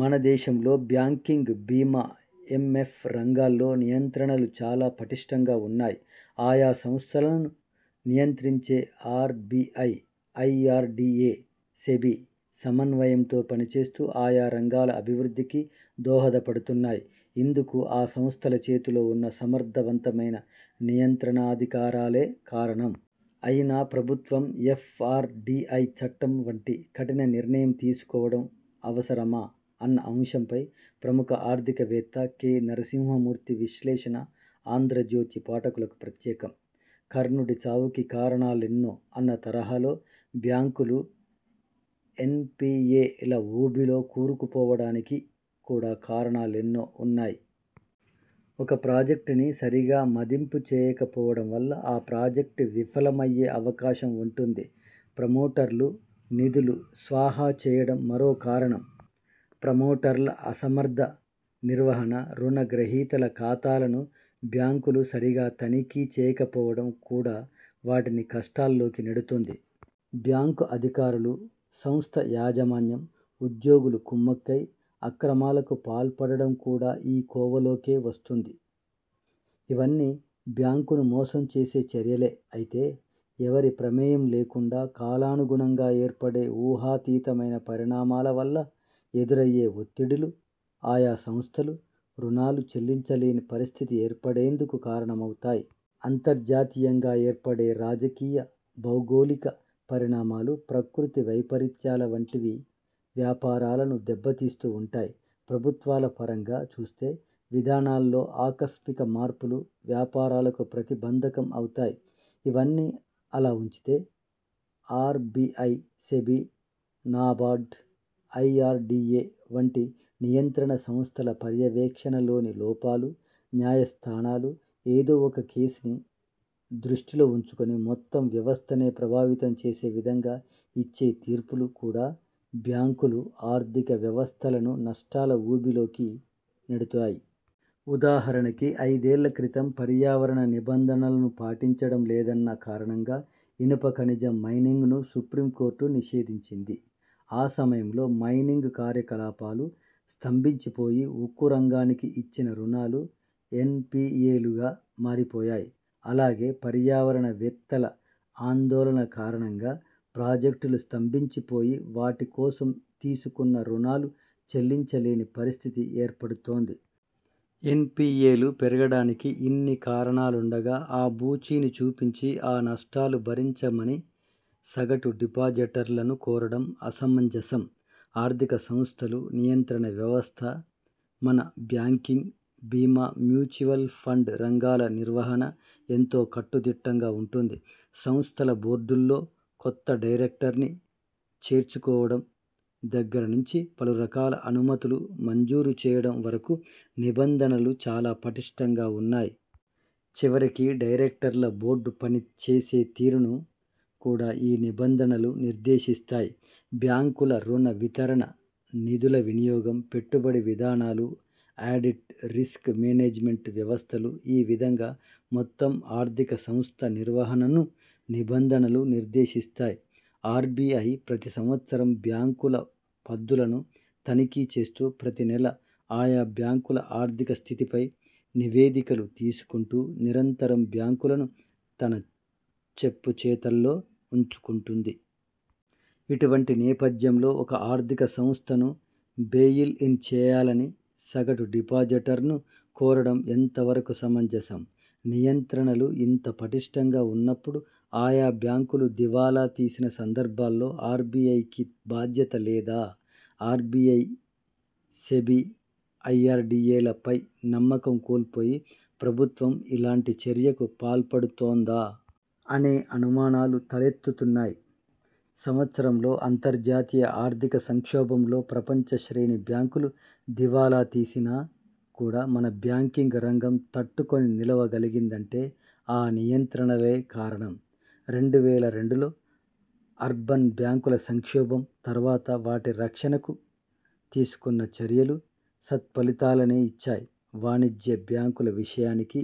మన దేశంలో బ్యాంకింగ్, బీమా, ఎం ఎఫ్ రంగాల్లో నియంత్రణలు చాలా పటిష్ఠంగా ఉన్నాయి. ఆయా సంస్థలను నియంత్రించే R B I, I R D A, SEBI సమన్వయంతో పని చేస్తూ ఆయా రంగాల అభివృద్ధికి దోహదపడుతున్నాయి. ఇందుకు ఆ సంస్థల చేతిలో ఉన్న సమర్థవంతమైన నియంత్రణాధికారాలే కారణం. అయినా ప్రభుత్వం ఎఫ్ ఆర్ డి ఐ చట్టం వంటి కఠిన నిర్ణయం తీసుకోవడం అవసరమా అన్న అంశంపై ప్రముఖ ఆర్థిక వేత్త కె నరసింహమూర్తి విశ్లేషణ ఆంధ్రజ్యోతి పాఠకులకు ప్రత్యేకం. కర్ణుడి చావుకి కారణాలెన్నో అన్న తరహాలో బ్యాంకులు ఎన్ పి ఏ ల ఊబిలో కూరుకు పోవడానికి కూడా కారణాలెన్నో ఉన్నాయి. ఒక ప్రాజెక్టుని సరిగా మదింపు చేయక పోవడం వల్ల ఆ ప్రాజెక్టు విఫలమయ్యే అవకాశం ఉంటుంది. ప్రమోటర్లు నిధులు స్వాహా చేయడం మరో కారణం. ప్రమోటర్ల అసమర్థ నిర్వహణ, రుణ గ్రహీతల ఖాతాలను బ్యాంకులు సరిగా తనిఖీ చేయక పోవడం కూడా వాటిని కష్టాల్లోకి నెడుతుంది. బ్యాంకు అధికారులు, సంస్థ యాజమాన్యం ఉద్యోగులు కుమ్మక్కై అక్రమాలకు పాల్పడడం కూడా ఈ కోవలోకే వస్తుంది. ఇవన్నీ బ్యాంకును మోసం చేసే చర్యలే అయితే, ఎవరి ప్రమేయం లేకుండా కాలానుగుణంగా ఏర్పడే ఊహాతీతమైన పరిణామాల వల్ల ఎదురయ్యే ఒత్తిడులు ఆయా సంస్థలు రుణాలు చెల్లించలేని పరిస్థితి ఏర్పడేందుకు కారణమవుతాయి. అంతర్జాతీయంగా ఏర్పడే రాజకీయ, భౌగోళిక పరిణామాలు, ప్రకృతి వైపరీత్యాల వంటివి వ్యాపారాలను దెబ్బ తీస్తూ ఉంటాయి. ప్రభుత్వాల పరంగా చూస్తే విధానాల్లో ఆకస్మిక మార్పులు వ్యాపారాలకు ప్రతి బంధకం అవుతాయి. ఇవన్నీ అలా ఉంచితే R B I, SEBI, NABARD, I R D A వంటి నియంత్రణ సంస్థల పర్యవేక్షణలోని లోపాలు, న్యాయస్థానాలు ఏదో ఒక కేసుని దృష్టిలో ఉంచుకుని మొత్తం వ్యవస్థనే ప్రభావితం చేసే విధంగా ఇచ్చే తీర్పులు కూడా బ్యాంకులు, ఆర్థిక వ్యవస్థలను నష్టాల ఊబిలోకి నెడతాయి. ఉదాహరణకి ఐదేళ్ల క్రితం పర్యావరణ నిబంధనలను పాటించడం లేదన్న కారణంగా ఇనుప ఖనిజం మైనింగ్ను సుప్రీం కోర్టు నిషేధించింది. ఆ సమయంలో మైనింగ్ కార్యకలాపాలు స్తంభించి పోయి ఉక్కు రంగానికి ఇచ్చిన రుణాలు ఎన్ పి ఏ లుగా మారిపోయాయి. అలాగే పర్యావరణ వేత్తల ఆందోళనల కారణంగా ప్రాజెక్టులు స్తంభించి పోయి వాటి కోసం తీసుకున్న రుణాలు చెల్లించలేని పరిస్థితి ఏర్పడుతోంది. ఎన్ పి ఏ లు పెరగడానికి ఇన్ని కారణాలుండగా ఆ బూచిని చూపించి ఆ నష్టాలు భరించమని సగటు డిపాజిటర్లను కోరడం అసమంజసం. ఆర్థిక సంస్థలు.. నియంత్రణ వ్యవస్థ మన బ్యాంకింగ్, బీమా, మ్యూచువల్ ఫండ్ రంగాల నిర్వహణ ఎంతో కట్టుదిట్టంగా ఉంటుంది. సంస్థల బోర్డుల్లో కొత్త డైరెక్టర్ని చేర్చుకోవడం దగ్గర నుంచి పలురకాల అనుమతులు మంజూరు చేయడం వరకు నిబంధనలు చాలా పటిష్ఠంగా ఉన్నాయి. చివరికి డైరెక్టర్ల బోర్డు పని చేసే తీరును కూడా ఈ నిబంధనలు నిర్దేశిస్తాయి. బ్యాంకుల రుణ వితరణ, నిధుల వినియోగం, పెట్టుబడి విధానాలు, ఆడిట్, రిస్క్ మేనేజ్మెంట్ వ్యవస్థలు ఈ విధంగా మొత్తం ఆర్ధిక సంస్థ నిర్వహణను నిబంధనలు నిర్దేశిస్తాయి. ఆర్ బి ఐ ప్రతి సంవత్సరం బ్యాంకుల పద్దులను తనిఖీ చేస్తూ ప్రతి నెలా ఆయా బ్యాంకుల ఆర్థిక స్థితిపై నివేదికలు తీసుకుంటూ నిరంతరం బ్యాంకులను తన చెప్పుచేతల్లో ఉంచుకుంటుంది. ఇటువంటి నేపథ్యంలో ఒక ఆర్థిక సంస్థను బెయిల్ ఇన్ చేయాలని సగటు డిపాజిటర్ను కోరడం ఎంతవరకు సమంజసం? నియంత్రణలు ఇంత పటిష్ఠంగా ఉన్నప్పుడు ఆయా బ్యాంకులు దివాలా తీసిన సందర్భాల్లో ఆర్ బి ఐ కి బాధ్యత లేదా? R B I, SEBI, I R D A లపై నమ్మకం కోల్పోయి ప్రభుత్వం ఇలాంటి చర్యకు పాల్పడుతోందా? అనే అనుమానాలు తలెత్తుతున్నాయి. సంవత్సరంలో అంతర్జాతీయ ఆర్థిక సంక్షోభంలో ప్రపంచ శ్రేణి బ్యాంకులు దివాలా తీసినా కూడా మన బ్యాంకింగ్ రంగం తట్టుకుని నిలవ గలిగిందంటే ఆ నియంత్రణలే కారణం. రెండు వేల రెండులో అర్బన్ బ్యాంకుల సంక్షోభం తర్వాత వాటి రక్షణకు తీసుకున్న చర్యలు సత్ఫలితాలనే ఇచ్చాయి. వాణిజ్య బ్యాంకుల విషయానికి